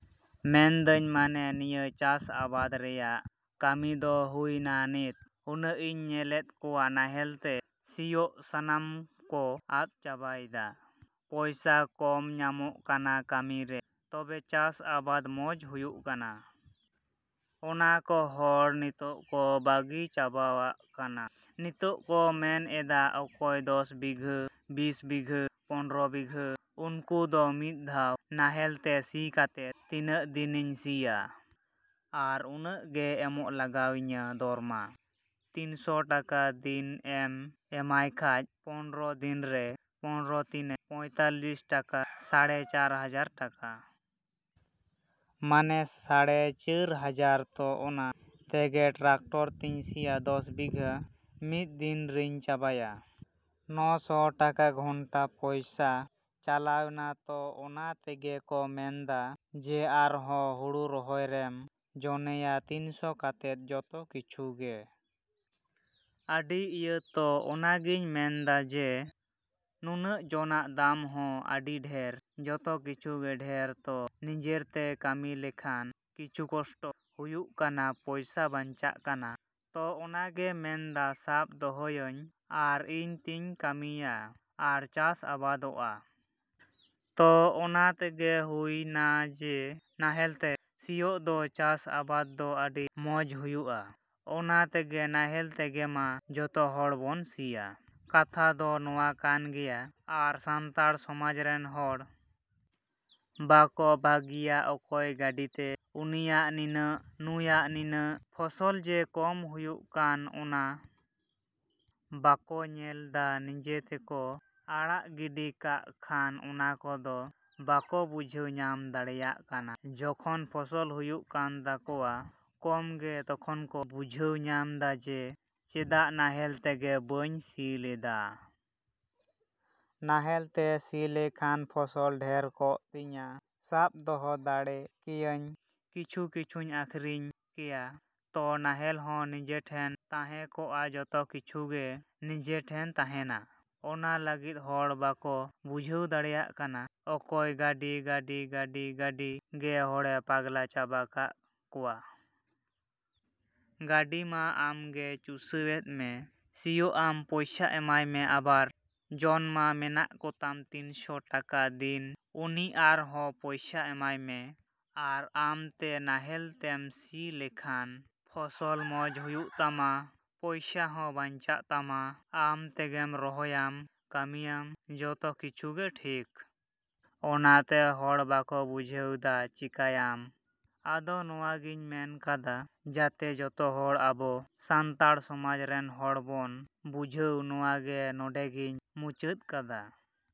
ᱢᱮᱱᱫᱟᱹᱧ ᱢᱟᱱᱮ ᱱᱤᱭᱟᱹ ᱪᱟᱥ ᱟᱵᱟᱫᱽ ᱨᱮᱭᱟᱜ ᱠᱟᱹᱢᱤ ᱫᱚ ᱦᱩᱭᱱᱟ ᱱᱤᱛ ᱦᱩᱱᱟ.ᱧ ᱤᱧ ᱧᱮᱞᱮᱫ ᱠᱚᱣᱟ ᱱᱟᱦᱮᱞ ᱛᱮ ᱥᱤᱭᱳᱜ ᱥᱟᱱᱟᱢ ᱠᱚ ᱟᱫ ᱪᱟᱵᱟᱭᱫᱟ᱾ ᱯᱚᱭᱥᱟ ᱠᱚᱢ ᱧᱟᱢᱚᱜ ᱠᱟᱱᱟ ᱠᱟᱹᱢᱤ ᱨᱮ ᱛᱚᱵᱮ ᱪᱟᱥ ᱟᱵᱟᱫᱽ ᱢᱚᱡᱽ ᱦᱩᱭᱩᱜ ᱠᱟᱱᱟ ᱾ ᱚᱱᱟ ᱠᱚ ᱦᱚᱲ ᱱᱤᱛᱚᱜ ᱠᱚ ᱵᱟᱹᱜᱤ ᱪᱟᱵᱟ ᱟᱜ ᱠᱟᱱᱟ᱾ ᱱᱤᱛᱚᱜ ᱠᱚ ᱢᱮᱱ ᱮᱫᱟ ᱚᱠᱚᱭ ᱫᱚᱥ ᱵᱤᱜᱷᱟᱹ ᱵᱤᱥ ᱵᱤᱜᱷᱟᱹ ᱯᱚᱱᱨᱚ ᱵᱤᱜᱷᱟᱹ ᱩᱱᱠᱩ ᱫᱚ ᱢᱤᱫ ᱫᱷᱟᱣ ᱱᱟᱦᱮᱞ ᱛᱮ ᱥᱤ ᱠᱟᱛᱮᱫ ᱛᱤᱱᱟᱹᱜ ᱫᱤᱱᱤᱧ ᱥᱤᱭᱟ? ᱟᱨ ᱩᱱᱟᱹᱜ ᱜᱮ ᱮᱢᱚᱜ ᱞᱟᱜᱟᱣ ᱤᱧᱟᱹ ᱫᱚᱨᱢᱟ ᱛᱤᱱᱥᱚ ᱴᱟᱠᱟ ᱫᱤᱱ ᱮᱢ ᱮᱢᱟᱭ ᱠᱷᱟᱡ ᱯᱚᱱᱨᱚ ᱫᱤᱱᱨᱮ ᱯᱚᱱᱨᱚ ᱛᱤᱱᱮ ᱯᱚᱸᱭᱛᱟᱞᱞᱤᱥ ᱴᱟᱠᱟ ᱥᱟᱲᱮ ᱪᱟᱨ ᱦᱟᱡᱟᱨ ᱴᱟᱠᱟ। ᱢᱟᱱᱮ ᱥᱟᱲᱮ ᱪᱟᱹᱨ ᱦᱟᱡᱟᱨ ᱛᱚ ᱚᱱᱟ ᱛᱮᱜᱮ ᱴᱨᱮᱠᱴᱚᱨ ᱛᱤᱧ ᱥᱤᱭᱟ ᱫᱚᱥ ᱵᱤᱜᱷᱟᱹ ᱢᱤᱫ ᱫᱤᱱ ᱨᱤᱧ ᱪᱟᱵᱟᱭᱟ। ᱱᱚᱥᱚ ᱴᱟᱠᱟ ᱜᱷᱚᱱᱴᱟ ᱯᱚᱭᱥᱟ ᱪᱟᱞᱟᱣᱱᱟ ᱛᱚ ᱚᱱᱟ ᱛᱮᱜᱮ ᱠᱚ ᱢᱮᱱᱫᱟ ᱡᱮ ᱟᱨ ᱦᱚ ᱦᱩᱲᱩ ᱨᱚᱦᱚᱭ ᱨᱮᱢ ᱡᱚᱱᱮᱭᱟ ᱛᱤᱱᱥᱚ ᱠᱟᱛᱮᱫ ᱡᱚᱛᱚ ᱠᱤᱪᱷᱩ ᱜᱮ। ᱟᱹᱰᱤ ᱤᱭᱟᱹ ᱛᱚ ᱚᱱᱟᱜᱤᱧ ᱢᱮᱱᱫᱟ ᱡᱮ ᱱᱩᱱᱟ.ᱜ ᱡᱚᱱᱟᱜ ᱫᱟᱢ ᱦᱚᱸ ᱟᱹᱰᱤ ᱰᱷᱮᱨ ᱡᱚᱛᱚ ᱠᱤᱪᱷᱩ ᱜᱮ ᱰᱷᱮᱨ ᱛᱚ ᱱᱤᱡᱮᱨ ᱛᱮ ᱠᱟᱹᱢᱤ ᱞᱮᱠᱷᱟᱱ ᱠᱤᱪᱷᱩ ᱠᱚᱥᱴᱚ ᱦᱩᱭᱩᱜ ᱠᱟᱱᱟ ᱯᱚᱭᱥᱟ ᱵᱟᱧᱪᱟᱜ ᱠᱟᱱᱟ ᱛᱚ ᱚᱱᱟᱜᱮ ᱢᱮᱱᱫᱟ ᱥᱟᱵ ᱫᱚᱦᱚᱭᱟᱹᱧ ᱟᱨ ᱤᱧ ᱛᱤᱧ ᱠᱟᱹᱢᱤᱭᱟ ᱟᱨ ᱪᱟᱥ ᱟᱵᱟᱫᱚᱜᱼᱟ। ᱛᱚ ᱚᱱᱟ ᱛᱮᱜᱮ ᱦᱩᱭᱱᱟ ᱡᱮ ᱱᱟᱦᱮᱞ ᱛᱮ ᱥᱤᱭᱳᱜ ᱫᱚ ᱪᱟᱥᱼᱟᱵᱟᱫᱽ ᱫᱚ ᱟᱹᱰᱤ ᱢᱚᱡᱽ ᱦᱩᱭᱩᱜᱼᱟ ᱚᱱᱟ ᱛᱮᱜᱮ ᱱᱟᱦᱮᱞ ᱛᱮᱜᱮ ᱢᱟ ᱡᱚᱛᱚ ᱦᱚᱲ ᱵᱚᱱ ᱥᱤᱭᱟ। ᱠᱟᱛᱷᱟ ᱫᱚ ᱱᱚᱣᱟ ᱠᱟᱱ ᱜᱮᱭᱟ ᱟᱨ ᱥᱟᱱᱛᱟᱲ ᱥᱚᱢᱟᱡᱽ ᱨᱮᱱ ᱦᱚᱲ ᱵᱟᱠᱚ ᱵᱷᱟᱹᱜᱤᱭᱟ ᱚᱠᱚᱭ ᱜᱟᱹᱰᱤ ᱛᱮ ᱩᱱᱤᱭᱟᱜ ᱱᱤᱱᱟᱹᱜ ᱱᱩᱭᱟᱜ ᱱᱤᱱᱟᱹᱜ ᱯᱷᱚᱥᱚᱞ ᱡᱮ ᱠᱚᱢ ᱦᱩᱭᱩᱜ ᱠᱟᱱ ᱚᱱᱟ ᱠᱚᱫᱚ ᱵᱟᱠᱚ ᱧᱮᱞᱫᱟ ᱱᱤᱡᱮ ᱛᱮᱠᱚ ᱟᱲᱟᱜ ᱜᱤᱰᱤ ᱠᱟᱜ ᱠᱷᱟᱱ ᱚᱱᱟ ᱠᱚᱫᱚ ᱵᱟᱠᱚ ᱵᱩᱡᱷᱟᱹᱣ ᱧᱟᱢ ᱫᱟᱲᱮᱭᱟᱜ ᱠᱟᱱᱟ ᱡᱚᱠᱷᱚᱱ ᱯᱷᱚᱥᱚᱞ ᱦᱩᱭᱩᱜ ᱠᱟᱱ ᱛᱟᱠᱚᱣᱟ ᱠᱚᱢᱜᱮ ᱛᱚᱠᱷᱚᱱ ᱠᱚ ᱵᱩᱡᱷᱟᱹᱣ ᱧᱟᱢᱫᱟ ᱡᱮ ᱪᱮᱫᱟᱜ ᱱᱟᱦᱮᱞ ᱛᱮᱜᱮ ᱵᱟᱹᱧ ᱥᱤ ᱞᱮᱫᱟ। ᱱᱟᱦᱮᱞ ᱛᱮ ᱥᱤ ᱞᱮᱠᱷᱟᱱ ᱯᱷᱚᱥᱚᱞ ᱰᱷᱮᱨ ᱠᱚᱜ ᱛᱤᱧᱟᱹ ᱥᱟᱵ ᱫᱚᱦᱚ ᱫᱟᱲᱮ ᱠᱮᱭᱟᱧ ᱠᱤᱪᱷᱩ ᱠᱤᱪᱷᱩᱧ ᱟᱹᱠᱷᱨᱤᱧ ᱠᱮᱭᱟ ᱛᱚ ᱱᱟᱦᱮᱞ ᱦᱚᱸ ᱱᱤᱡᱮ ᱴᱷᱮᱱ ᱛᱟᱦᱮᱸ ᱠᱚᱜᱼᱟ ᱡᱚᱛᱚ ᱠᱤᱪᱷᱩ ᱜᱮ ᱱᱤᱡᱮ ᱴᱷᱮᱱ ᱛᱟᱦᱮᱱᱟ। ᱚᱱᱟ ᱞᱟᱹᱜᱤᱫ ᱦᱚᱲ ᱵᱟᱠᱚ ᱵᱩᱡᱷᱟᱹᱣ ᱫᱟᱲᱮᱜ ᱠᱟᱱᱟ ᱚᱠᱚᱭ ᱜᱟᱹᱰᱤ ᱜᱟᱹᱰᱤ ᱜᱟᱹᱰᱤ ᱜᱟᱹᱰᱤ ᱜᱮ ᱦᱚᱲᱮ ᱯᱟᱜᱽᱞᱟ ᱪᱟᱵᱟ ᱠᱟᱜ ᱠᱚᱣᱟ। ᱜᱟᱹᱰᱤ ᱢᱟ ᱟᱢᱜᱮ ᱪᱩᱥᱟᱹᱣᱮᱫ ᱢᱮ ᱥᱤᱭᱳᱜ ᱟᱢ ᱯᱚᱭᱥᱟ ᱮᱢᱟᱭ ᱢᱮ ᱟᱵᱟᱨ ᱡᱚᱱ ᱢᱟ ᱢᱮᱱᱟᱜ ᱠᱚᱛᱟᱢ ᱛᱤᱱᱥᱚ ᱴᱟᱠᱟ ᱫᱤᱱ ᱩᱱᱤ ᱟᱨ ᱦᱚ ᱯᱚᱭᱥᱟ ᱮᱢᱟᱭ ᱢᱮ ᱟᱨ ᱟᱢᱛᱮ ᱱᱟᱦᱮᱞ ᱛᱮᱢ ᱥᱤ ᱞᱮᱠᱷᱟᱱ ᱯᱷᱚᱥᱚᱞ ᱢᱚᱡᱽ ᱦᱩᱭᱩᱜ ᱛᱟᱢᱟ ᱯᱚᱭᱥᱟ ᱦᱚᱸ ᱵᱟᱧᱪᱟᱜ ᱛᱟᱢᱟ ᱟᱢ ᱛᱮᱜᱮᱢ ᱨᱚᱦᱚᱭᱟᱢ ᱠᱟᱹᱢᱤᱭᱟᱢ ᱡᱚᱛᱚ ᱠᱤᱪᱷᱩ ᱜᱮ ᱴᱷᱤᱠ᱾ ᱚᱱᱟ ᱛᱮ ᱦᱚᱲ ᱵᱟᱠᱚ ᱵᱩᱡᱷᱟᱹᱣᱫᱟ ᱪᱮᱠᱟᱭᱭᱟᱢ? ᱟᱫᱚ ᱱᱚᱣᱟ ᱜᱤᱧ ᱢᱮᱱ ᱠᱟᱫᱟ ᱡᱟᱛᱮ ᱡᱚᱛᱚ ᱦᱚᱲ ᱟᱵᱚ ᱥᱟᱱᱛᱟᱲ ᱥᱚᱢᱟᱡᱽ ᱨᱮᱱ ᱦᱚᱲ ᱵᱚᱱ ᱵᱩᱡᱷᱟᱹᱣ ᱱᱚᱣᱟ ᱜᱮ ᱱᱚᱰᱮ ᱜᱤᱧ ᱢᱩᱪᱟᱹᱫ ᱠᱟᱫᱟ।